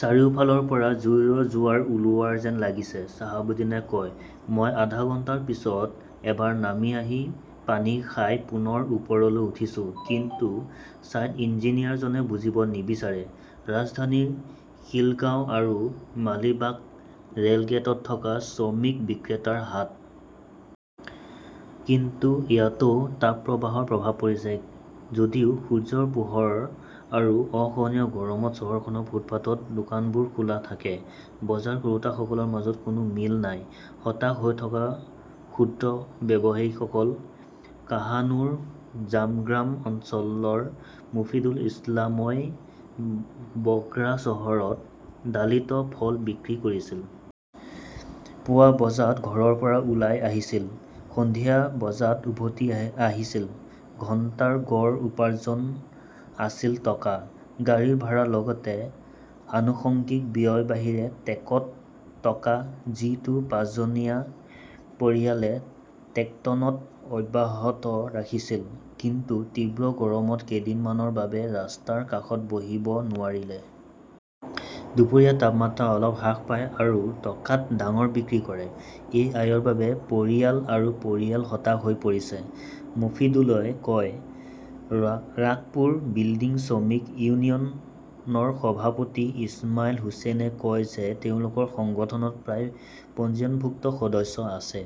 "চাৰিওফালৰ পৰা জুইৰ জোৱাৰ ওলোৱা যেন লাগিছে", চাহাবুদ্দিনে কয়। মই আধা ঘণ্টাৰ পিছত এবাৰ নামি আহি পানী খাই পুনৰ ওপৰলৈ উঠিছোঁ। কিন্তু ছাইট ইঞ্জিনিয়াৰজনে বুজিব নিবিচাৰে। "ৰাজধানীৰ খিলগাঁও আৰু মালিবাগ ৰেলগেটত থকা শ্ৰমিক বিক্ৰেতাৰ হাট। কিন্তু ইয়াতও তাপপ্ৰবাহৰ প্ৰভাৱ পৰিছে। যদিও সূৰ্যৰ পোহৰ আৰু অসহনীয় গৰমত চহৰখনৰ ফুটপাতত দোকানবোৰ খোলা থাকে, বজাৰ কৰোঁতাসকলৰ মাজত কোনো মিল নাই, হতাশ হৈ থকা ক্ষুদ্ৰ ব্যৱসায়ীসকল। কাহালুৰ জামগ্ৰাম অঞ্চলৰ মোফিদুল ইছলামই বগ্ৰা চহৰত ডালিত ফল বিক্ৰী কৰিছিল। পুৱা বজাত ঘৰৰ পৰা ওলাই আহিছিল; সন্ধিয়া বজাত উভতি আহিছিল। ঘণ্টাৰ গড় উপাৰ্জন আছিল টকা। গাড়ীৰ ভাড়াৰ লগতে আনুষংগিক ব্যয়ৰ বাহিৰে টেকত টকা, যিটো পাঁচজনীয়া পৰিয়ালে টেনটনত অব্যাহত ৰাখিছিল। কিন্তু তীব্ৰ গৰমত কেইদিনমানৰ বাবে ৰাস্তাৰ কাষত বহিব নোৱাৰিলে। দুপৰীয়া তাপমাত্ৰা অলপ হ্ৰাস পায় আৰু টকাত ডাঙৰ বিক্ৰী কৰে। এই আয়ৰ বাবে পৰিয়াল আৰু পৰিয়াল হতাশ হৈ পৰিছে, মোফিদুলই কয়। ৰাংপুৰ বিল্ডিং শ্ৰমিক ইউনিয়নৰ সভাপতি ইছমাইল হুচেইনে কয় যে তেওঁলোকৰ সংগঠনত প্ৰায় পঞ্জীয়নভুক্ত সদস্য আছে।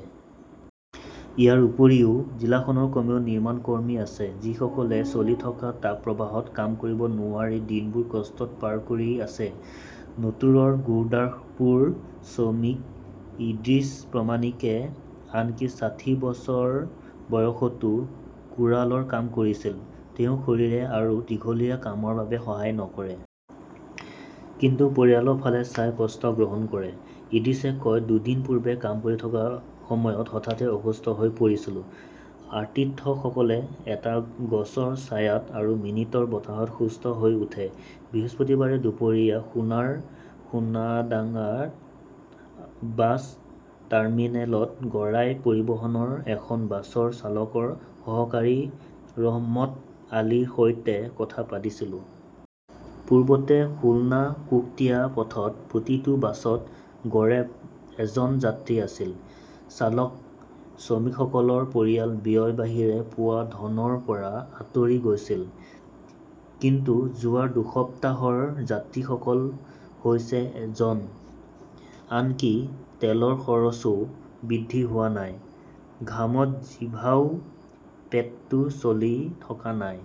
ইয়াৰ উপৰিও, জিলাখনৰ কমেও নিৰ্মাণ কৰ্মী আছে, যিসকলে চলি থকা তাপপ্ৰবাহত কাম কৰিব নোৱাৰি দিনবোৰ কষ্টত পাৰ কৰি আছে। নটোৰৰ গুৰদাসপুৰৰ শ্ৰমিক ইদ্ৰিছ প্ৰমাণিকে আনকি ষাঠি বছৰ বয়সতো কোড়ালৰ কাম কৰিছিল। তেওঁৰ শৰীৰে আৰু দীঘলীয়া কামৰ বাবে সহায় নকৰে। কিন্তু পৰিয়ালৰ ফালে চাই কষ্ট গ্ৰহণ কৰে। ইদ্ৰিছে কয়, "দুদিন পূৰ্বে কাম কৰি থকাৰ সময়ত হঠাতে অসুস্থ হৈ পৰিছিলো। সতীৰ্থসকলে এটা গছৰ ছায়াত আৰু মিনিটৰ বতাহত সুস্থ হৈ উঠে। 'বৃহস্পতিবাৰে দুপৰীয়া খুনাৰ সোনাডাংগা বাছ টাৰ্মিনেলত গৰাই পৰিবহণৰ এখন বাছৰ চালকৰ সহকাৰী ৰহমত আলীৰ সৈতে কথা পাতিছিল। "পূৰ্বতে খুলনা-কুশটিয়া পথত প্ৰতিটো বাছত গড়ে জন যাত্ৰী আছিল। চালক-শ্ৰমিকসকলৰ পৰিয়াল ব্যয়ৰ বাহিৰে পোৱা ধনৰ পৰা আঁতৰি গৈছিল। কিন্তু যোৱা দুসপ্তাহৰ যাত্ৰীসকল হৈছে জন। আনকি তেলৰ খৰচও বৃদ্ধি হোৱা নাই। ঘামত ভিজাও পেটটো চলি থকা নাই।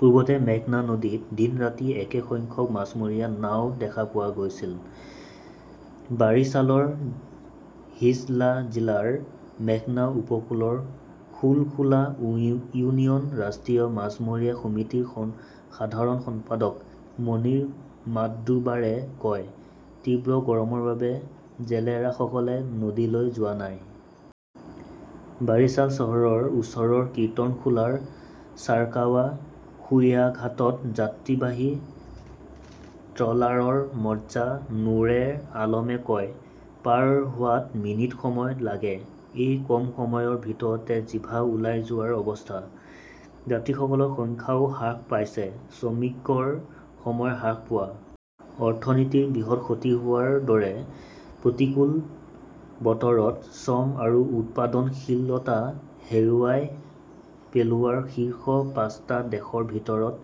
"পূৰ্বতে মেঘনা নদীত দিন-ৰাতি একে সংখ্যক মাছমৰীয়া নাও দেখা পোৱা গৈছিল", বাৰিছালৰ হিজলা জিলাৰ মেঘনা উপকূলৰ ধুলখোলা ইউনিয়নৰ ৰাষ্ট্ৰীয় মাছমৰীয়া সমিতিৰ সাধাৰণ সম্পাদক মনিৰ মাট্টুবাৰে কয়। তীব্ৰ গৰমৰ বাবে জেলেৰাসকলে নদীলৈ যোৱা নাই। "বাৰিছাল চহৰৰ ওচৰৰ কিৰ্তনখোলাৰ চাৰকাৱা খেয়াঘাটত যাত্ৰীবাহী ট্ৰলাৰৰ মজ্জা নুৰে আলমে কয়", পাৰ হোৱাত মিনিট সময় লাগে। এই কম সময়ৰ ভিতৰতে জিভা ওলাই যোৱাৰ অৱস্থা। যাত্ৰীসকলৰ সংখ্যাও হ্ৰাস পাইছে। 'শ্ৰমিকৰ সময় হ্ৰাস পোৱা, অৰ্থনীতিৰ বৃহৎ ক্ষতি হোৱাৰ দৰে প্ৰতিকূল বতৰত শ্ৰম আৰু উৎপাদনশীলতা হেৰুৱাই পেলোৱা শীৰ্ষ পাঁচটা দেশৰ ভিতৰত